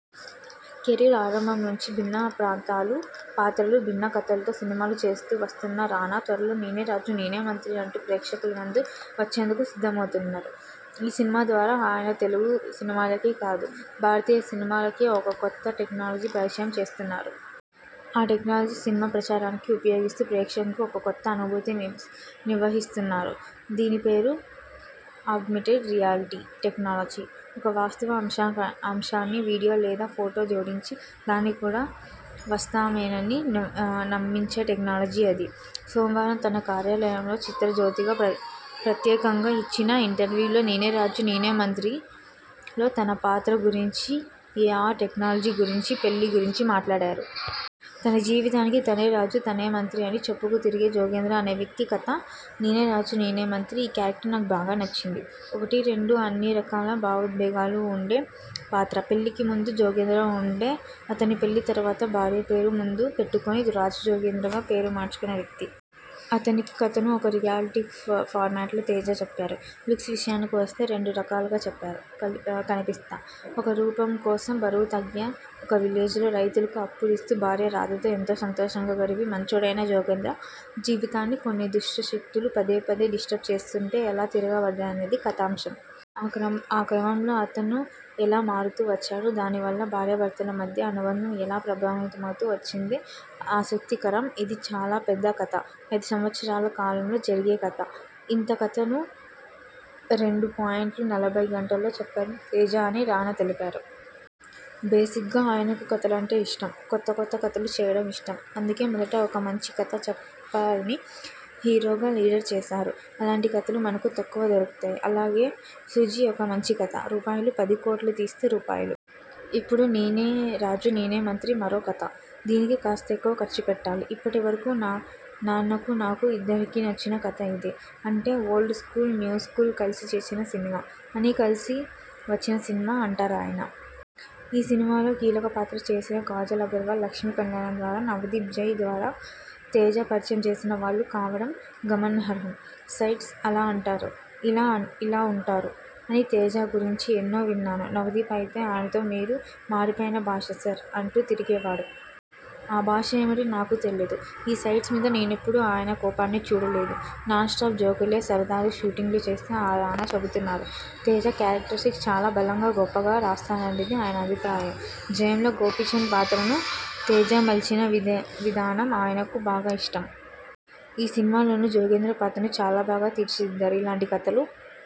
Career ఆరంభం నుంచీ భిన్న పాత్రలు, భిన్న కథలతో సినిమాలు చేస్తూ వస్తున్న రానా, త్వరలో 'నేనే రాజు నేనే మంత్రి' అంటూ ప్రేక్షకుల ముందుకు వచ్చేందుకు సిద్ధమవుతున్నారు. ఈ సినిమా ద్వారా ఆయన తెలుగు సినిమాకే కాదు, భారతీయ సినిమాకే ఒక కొత్త టెక్నాలజీని పరిచయం చేస్తున్నారు. ఆ టెక్నాలజీని సినిమా ప్రచారానికి ఉపయోగిస్తూ, ప్రేక్షకులకు ఒక సరికొత్త అనుభూతి నివ్వనున్నారు. దాని పేరు 'ఆగ్మెంటెడ్ రియాలిటీ' టెక్నాలజీ. ఒక వాస్తవిక అంశానికి వీడియో లేదా ఫొటో జోడించి, దాన్ని కూడా వాస్తవమేనని నమ్మించే టెక్నాలజీ అది. సోమవారం తన కార్యాలయంలో చిత్రజ్యోతితో ప్రత్యేకంగా ఇచ్చిన ఇంటర్వ్యూలో 'నేనే రాజు నేనే మంత్రి'లో తన పాత్ర గురించీ, ఏఆర్ టెక్నాలజీ గురించీ, పెళ్లి గురించీ మాట్లాడారు. తన జీవితానికి తనే రాజు, తనే మంత్రి అని చెప్పుకు తిరిగే జోగేంద్ర అనే వ్యక్తి కథ 'నేనే రాజు నేనే మంత్రి'. ''ఈ కేరక్టర్ నాకు బాగా నచ్చింది. ఒకటి, రెండు కాదు, అన్ని రకాల భావోద్వేగాలు ఉండే పాత్ర. పెళ్లికి ముందు జోగేంద్రగా ఉండే అతను పెళ్లి తర్వాత భార్య పేరు ముందు పెట్టుకొని రాధా జోగేంద్రగా పేరు మార్చుకొనే వ్యక్తి. అతని కథను ఒక రియలిస్టిక్ ఫార్మట్లో తేజ చెప్పారు. లుక్స్ విషయానికి వస్తే రెండు రకాలుగా కనిపిస్తా. ఒక రూపం కోసం బరువు తగ్గా. ఒక విలేజ్లో రైతులకు అప్పులు ఇస్తూ, భార్య రాధ తో ఎంతో సంతోషంగా గడిపే మంచోడైన జోగేంద్ర జీవితాన్ని కొన్ని దుష్ట శక్తులు పదే పదే డిస్టర్బ్ చేస్తుంటే, ఎలా తిరగ బడ్డాడనేది కథాంశం. ఆ క్రమంలో అతను ఎలా మారుతూ వచ్చాడు, దాని వల్ల భార్యా భర్తల మధ్య అనుబంధం ఎలా ప్రభావితమవుతూ వచ్చిందనేది ఆసక్తి కరం. ఇది చాలా పెద్ద కథ. ఐదు సంవత్సరాల కాలంలో జరిగే కథ. ఇంత కథను రెండు పాయింట్ నలభై గంటల్లో చెప్పారు తేజ అని రానా తెలిపారు. బేసిగ్గా ఆయనకు కథలంటే ఇష్టం. కొత్త కొత్త కథలు చేయడం ఇష్టం. ''అందుకే మొదట ఒక మంచి కథ చెప్పాలని హీరోగా 'లీడర్' చేశాను. అలాంటి కథలు మనకు తక్కువగా దొరుకుతాయి. అలాగే 'ఘాజీ' ఒక మంచి కథ. రూ. పది కోట్లతో తీస్తే, రూ. ఇప్పుడు 'నేనే రాజు నేనే మంత్రి' మరో మంచి కథ. దీనికి కాస్త ఎక్కువ ఖర్చు పెట్టాలి. ఇప్పటి వరకూ నాన్నకూ, నాకూ.. ఇద్దరికీ నచ్చిన కథ ఇదే. అంటే ఓల్డ్ స్కూల్, న్యూ స్కూల్ కలిసి చేసిన సినిమా. అన్నీ కలిసి వచ్చిన సినిమా'' అంటారాయాన. ఈ సినిమాలో కీలక పాత్రలు చేసిన కాజల్ అగర్వాల్ 'లక్ష్మీ కల్యాణం' ద్వారా, నవదీప్ 'జై' ద్వారా తేజ పరిచయం చేసిన వాళ్లు కావడం గమనార్హం. ''సెట్స్పై అలా ఉంటారు, ఇలా ఉంటారు, అని తేజ గురించి ఎన్నో విన్నాను. నవదీప్ అయితే ఆయనతో 'మీరు మారిపోయిన బాషా సర్' అంటూ తిరిగేవాడు. ఆ బాషా ఏమిటో నాకు తెలీదు. ఈ సెట్స్ మీద నేనెప్పుడూ ఆయనలో కోపాన్ని చూడలేదు. నాన్ స్టాప్ జోకులేస్తూ సరదాగా షూటింగ్ చేశారు'' అని రానా చెబుతారు. తేజ, క్యారెక్టరైజేషన్స్ చాలా బలంగా, గొప్పగా రాస్తారనేది ఆయన అభిప్రాయం. 'జయం'లో గోపీచంద్ పాత్రను తేజ మలిచిన విధానం ఆయనకు బాగా ఇష్టం. ''ఈ సినిమా లోనూ జోగేంద్ర పాత్రను చాలా బాగా తీర్చిదిద్దారు. ఇలాంటి కథలు